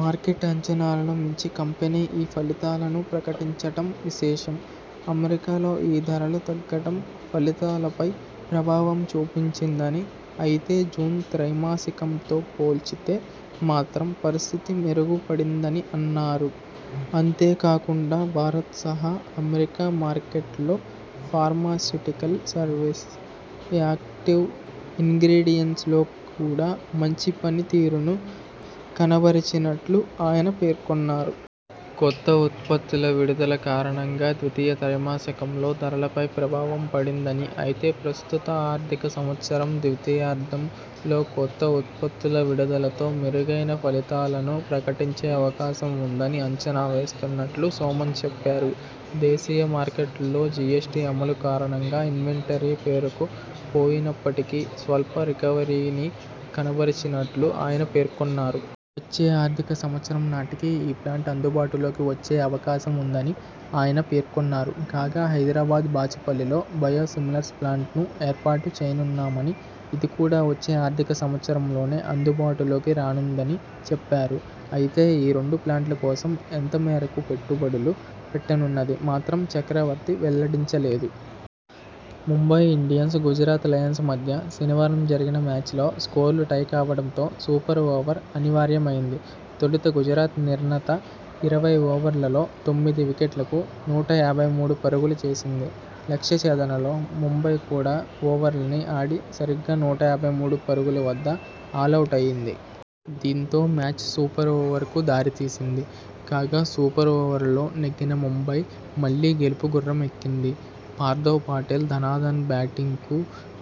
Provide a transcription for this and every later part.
Market అంచనాలను మించి company ఈ ఫలితాలను ప్రకటించటం విశేషం. అమెరికా లో ధరలు తగ్గటం ఫలితాలపై ప్రభావం చూపించిందని అయితే జూన్ త్రైమాసికం తో పోల్చితే మాత్రం పరిస్థితి మెరుగు పడిందని అన్నారు. అంతే కాకుండా భారత్ సహా అమెరికా మార్కెట్లో ఫార్మాసుటికల్ సర్వీస్, యాక్టివ్ ఇన్గ్రిడియెంట్స్ లో కూడా మంచి పని తీరును కనబరిచినట్లు ఆయన పేర్కొన్నారు. కొత్త ఉత్పత్తుల విడుదల కారణంగా ద్వితీయ త్రైమాసికంలో ధరలపై ప్రభావం పడిందని, అయితే ప్రస్తుత ఆర్థిక సంవత్సరం ద్వితీయార్థం లో కొత్త ఉత్పత్తుల విడుదల తో మెరుగైన ఫలితాలను ప్రకటించే అవకాశం ఉందని అంచనా వేస్తున్నట్లు సౌమెన్ చెప్పారు. దేశీయ మార్కెట్లో జిఎస్టి అమలు కారణంగా ఇన్వెంటరీలు పేరుకు పోయినప్పటికీ స్వల్ప రికవరీని కనబరిచినట్లు ఆయన పేర్కొన్నారు. వచ్చే ఆర్థిక సంవత్సరం నాటి కి ఈ ప్లాంట్ అందుబాటులోకి వచ్చే అవకాశం ఉందని ఆయన పేర్కొన్నారు. కాగా హైదరాబాద్, బాచుపల్లిలో బయోసిమిలర్స్ ప్లాంట్ను ఏర్పాటు చేయనున్నామని, ఇది కూడా వచ్చే ఆర్థిక సంవత్సరంలోనే అందుబాటులోకి రానుందని చెప్పారు. అయితే ఈ రెండు ప్లాంట్ల కోసం ఎంత మేరకు పెట్టుబడులు పెట్టనున్నది మాత్రం చక్రవర్తి వెల్లడించలేదు. ముంబై ఇండియన్స్, గుజరాత్ లయన్స్ మధ్య శనివారం జరిగిన మ్యాచ్ లో స్కోర్లు టై కావడంతో సూపర్ ఓవర్ అనివార్య మైంది. తొలుత గుజరాత్ నిర్ణీత ఇరవై ఓవర్లలో తొమ్మిది వికెట్లకు నూట యాభై మూడు పరుగులు చేసింది. లక్ష్య ఛేదనలో ముంబై కూడా ఓవర్లన్నీ ఆడి సరిగ్గా నూట యాభై మూడు పరుగుల వద్ద ఆలౌటైంది. దీంతో మ్యాచ్ సూపర్ ఓవర్కు దారితీసింది. కాగా, సూపర్ ఓవర్లో నెగ్గిన ముంబై మళ్లీ గెలుపు గుర్ర మెక్కింది. పార్థవ్ పటేల్ ధనాధన్ బ్యాటింగ్కు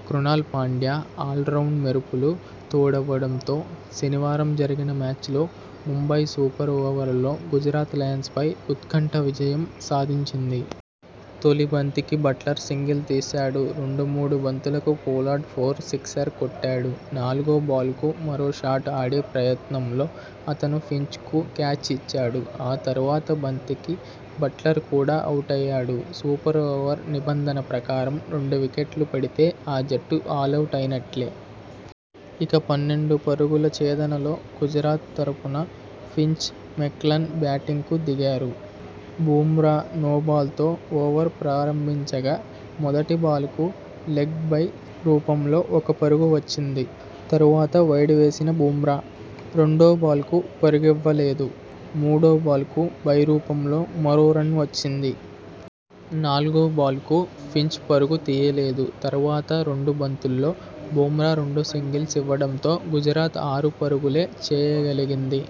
క్రునాల్ పాండ్యా ఆల్రౌండ్ మెరుపులు తోడవడంతో శనివారం జరిగిన మ్యాచ్లో ముంబై సూపర్ ఓవర్లో గుజరాత్ లయన్స్పై ఉత్కంఠ విజయం సాధించింది. తొలి బంతికి బట్లర్ సింగిల్ తీశాడు. రెండు, మూడు బంతులకు పొలార్డ్ ఫోర్, సిక్సర్ కొట్టాడు. నాలుగో బాల్కు మరో షాట్ ఆడే ప్రయత్నంలో అతను ఫించ్కు క్యాచ్ ఇచ్చాడు. తర్వాతి బంతికి బట్లర్ కూడా అవుటయ్యాడు. సూపర్ ఓవర్ నిబంధన ప్రకారం రెండు వికెట్లు పడితే ఆ జట్టు ఆలౌటైనట్టే. ఇక, పన్నెండు పరుగుల ఛేదనలో గుజరాత తరఫున ఫించ్, మెకల్లమ్ బ్యాటింగ్కు దిగారు. బుమ్రా నోబాల్తో ఓవర్ ప్రారంభించగా, మొదటి బాల్కు లెగ్ బై రూపంలో ఒక పరుగు వచ్చింది. తర్వాత వైడ్ వేసిన బుమ్రా, రెండో బాల్కు పరుగివ్వ లేదు. మూడో బాల్కు బై రూపంలో మరో రన్ వచ్చింది. నాలుగో బాల్కు ఫించ్ పరుగు తీయలేదు. తర్వాతి రెండు బంతుల్లో బుమ్రా రెండు సింగిల్స్ ఇవ్వడంతో గుజరాత్ ఆరు పరుగులే చేయ గలిగింది.